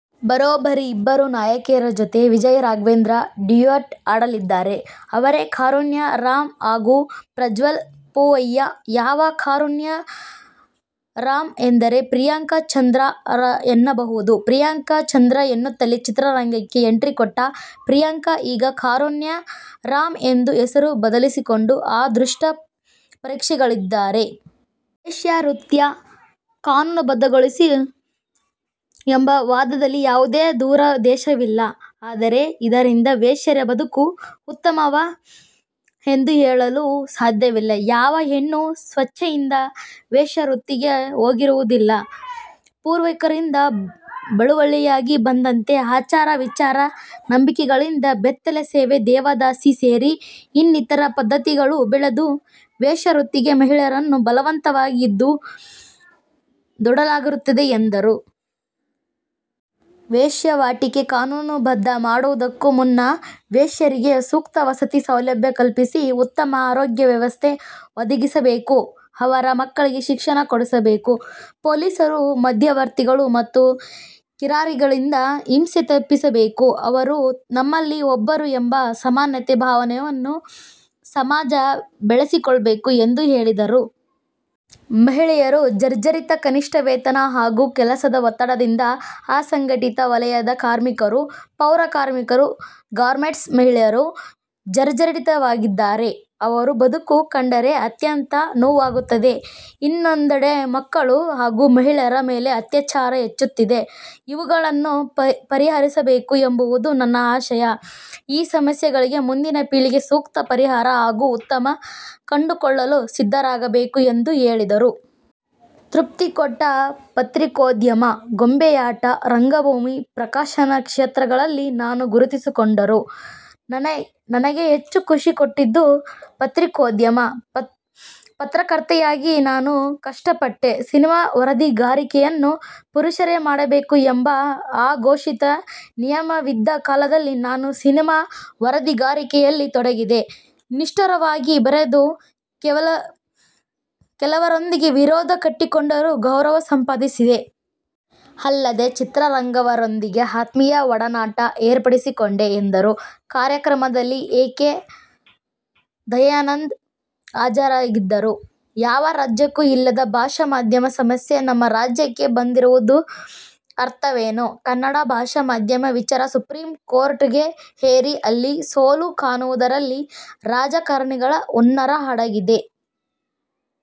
ಬರೋಬ್ಬರಿ ಇಬ್ಬರು ನಾಯಕಿಯರ ಜೊತೆ ವಿಜಯ ರಾಘವೇಂದ್ರ ಡ್ಯುಯೆಟ್ ಹಾಡಲಿದ್ದಾರೆ. ಅವರೇ ಕಾರುಣ್ಯ ರಾಂ ಹಾಗೂ ಪ್ರಜ್ವಲ್ ಪೂವಯ್ಯ. ಯಾವ ಕಾರುಣ್ಯ ರಾಂ ಎಂದರೆ ಪ್ರಿಯಾಂಕಾ ಚಂದ್ರ ಎನ್ನಬಹುದು. ಪ್ರಿಯಾಂಕಾ ಚಂದ್ರ ಎನ್ನುತ್ತಲೇ ಚಿತ್ರರಂಗಕ್ಕೆ ಎಂಟ್ರಿಕೊಟ್ಟ ಪ್ರಿಯಾಂಕಾ ಈಗ ಕಾರುಣ್ಯ ರಾಂ ಎಂದು ಹೆಸರು ಬದಲಿಸಿಕೊಂಡು ಅದೃಷ್ಟ ಪರೀಕ್ಷೆಗಿಳಿದಿದ್ದಾರೆ. ವೇಶ್ಯಾವೃತ್ತಿ ಕಾನೂನುಬದ್ಧಗೊಳಿ ಸಬೇಕು ಎಂಬ ವಾದಲ್ಲಿ ಯಾವುದೇ ದುರುದೇಶವಿಲ್ಲ. ಆದರೆ, ಇದರಿಂದ ವೇಶ್ಯೆಯರ ಬದುಕು ಉತ್ತಮವಾ ಗುತ್ತದೆ ಎಂದು ಹೇಳಲು ಸಾಧ್ಯವಿಲ್ಲ. ಯಾವ ಹೆಣ್ಣೂ ಸ್ವಯಿಚ್ಛೆಯಿಂದ ವೇಶ್ಯಾವೃತ್ತಿಗೆ ಹೋಗಿರುವುದಿಲ್ಲ. ಪೂರ್ವಿಕರಿಂದ ಬಳುವಳಿಯಾಗಿ ಬಂದಂತೆ ಆಚಾರ, ವಿಚಾರ, ನಂಬಿಕೆಗಳಿಂದ ಬೆತ್ತಲೆ ಸೇವೆ, ದೇವದಾಸಿ ಸೇರಿ ಇನ್ನಿತರ ಪದ್ದತಿಗಳು ಬೆಳೆದು ವೇಶ್ಯಾವೃತ್ತಿಗೆ ಮಹಿಳೆಯರನ್ನು ಬಲವಂತವಾಗಿ ದೂಡಲಾಗಿರುತ್ತದೆ ಎಂದರು. ವೇಶ್ಯಾವಾಟಿಕೆ ಕಾನೂನು ಬದ್ಧ ಮಾಡುವುದಕ್ಕೂ ಮುನ್ನ ವೇಶ್ಯೆಯರಿಗೆ ಸೂಕ್ತ ವಸತಿ ಸೌಲಭ್ಯ ಕಲ್ಪಿಸಿ, ಉತ್ತಮ ಆರೋಗ್ಯ ವ್ಯವಸ್ಥೆ ಒದಗಿಸಬೇಕು. ಅವರ ಮಕ್ಕಳಿಗೆ ಶಿಕ್ಷಣ ಕೊಡಿಸಬೇಕು. ಪೊಲೀಸರು, ಮಧ್ಯವರ್ತಿಗಳು ಮತ್ತು ಗಿರಾಕಿಗಳಿಂದ ಹಿಂಸೆ ತಪ್ಪಿಸಿಸಬೇಕು. ಅವರೂ ನಮ್ಮಲ್ಲಿ ಒಬ್ಬರು ಎಂಬ ಸಮಾನತೆ ಭಾವವನ್ನು ಸಮಾಜ ಬೆಳೆಸಿಕೊಳ್ಳಬೇಕು ಎಂದು ಹೇಳಿದರು. ಮಹಿಳೆಯರು ಜರ್ಝರಿತ: ಕನಿಷ್ಠ ವೇತನ ಹಾಗೂ ಕೆಲಸದ ಒತ್ತಡದಿಂದ ಅಸಂಘಟಿತ ವಲಯದ ಕಾರ್ಮಿಕರು, ಪೌರಕಾರ್ಮಿಕರು, ಗಾರ್ಮೆಂಟ್ಸ್ ಮಹಿಳೆಯರು ಜರ್ಝರಿತರಾಗಿದ್ದಾರೆ. ಅವರ ಬದಕು ಕಂಡರೆ ಅತ್ಯಂತ ನೋವಾಗುತ್ತದೆ. ಇನ್ನೊಂದೆಡೆ ಮಕ್ಕಳ ಹಾಗೂ ಮಹಿಳೆಯರ ಮೇಲೆ ಅತ್ಯಾಚಾರ ಹೆಚ್ಚುತ್ತಿದೆ. ಇವುಗಳನ್ನು ಪರಿಹರಿಸಬೇಕು ಎಂಬುದು ನನ್ನ ಆಶಯ. ಈ ಸಮಸ್ಯೆಗಳಿಗೆ ಮುಂದಿನ ಪೀಳಿಗೆ ಸೂಕ್ತ ಪರಿಹಾರ ಹಾಗೂ ಉತ್ತರ ಕಂಡುಕೊಳ್ಳಲು ಸಿದ್ಧರಾಗಬೇಕು ಎಂದು ಹೇಳಿದರು. ತೃಪ್ತಿಕೊಟ್ಟ ಪತ್ರಿಕೋದ್ಯಮ: ಗೊಂಬೆಯಾಟ, ರಂಗಭೂಮಿ, ಪ್ರಕಾಶನ ಕ್ಷೇತ್ರಗಳಲ್ಲಿ ನಾನು ಗುರುತಿಸಿಕೊಂಡರೂ, ನನಗೆ ಹೆಚ್ಚು ಖುಷಿಕೊಟ್ಟದ್ದು ಪತ್ರಿಕೋದ್ಯಮ. ಪತ್ರಕರ್ತೆಯಾಗಿ ನಾನು ಕಷ್ಟಪಟ್ಟೆ. ಸಿನಿಮಾ ವರದಿಗಾರಿಕೆಯನ್ನು ಪುರುಷರೇ ಮಾಡಬೇಕು ಎಂಬ ಅಘೋಷಿತ ನಿಯಮವಿದ್ದ ಕಾಲದಲ್ಲಿ ನಾನು ಸಿನಿಮಾ ವರದಿಗಾರಿಕೆಯಲ್ಲಿ ತೊಡಗಿದೆ. ನಿಷ್ಠುರವಾಗಿ ಬರೆದು ಕೆಲವರೊಂದಿಗೆ ವಿರೋಧ ಕಟ್ಟಿಕೊಂಡರೂ ಗೌರವ ಸಂಪಾದಿಸಿದೆ. ಅಲ್ಲದೆ, ಚಿತ್ರರಂಗವರೊಂದಿಗೆ ಆತ್ಮೀಯ ಒಡನಾಟ ಏರ್ಪಡಿಸಿಕೊಂಡೆ ಎಂದರು. ಕಾರ್ಯಕ್ರಮದಲ್ಲಿ ಕೆ. ಎ. ದಯಾನಂದ ಹಾಜರಿದ್ದರು. ಯಾವ ರಾಜ್ಯಕ್ಕೂ ಇಲ್ಲದ ಭಾಷಾ ಮಾಧ್ಯಮ ಸಮಸ್ಯೆ ನಮ್ಮ ರಾಜ್ಯಕ್ಕೆ ಬಂದಿರುವುದರ ಅರ್ಥವೇನು? ಕನ್ನಡ ಭಾಷಾ ಮಾಧ್ಯಮ ವಿಚಾರ ಸುಪ್ರಿಂ ಕೋರ್ಟ್ವರೆಗೆ ಏರಿ, ಅಲ್ಲಿ ಸೋಲು ಕಾಣುವುದರಲ್ಲಿ ರಾಜಕಾರಣಿಗಳ ಹುನ್ನಾರ ಅಡಗಿದೆ.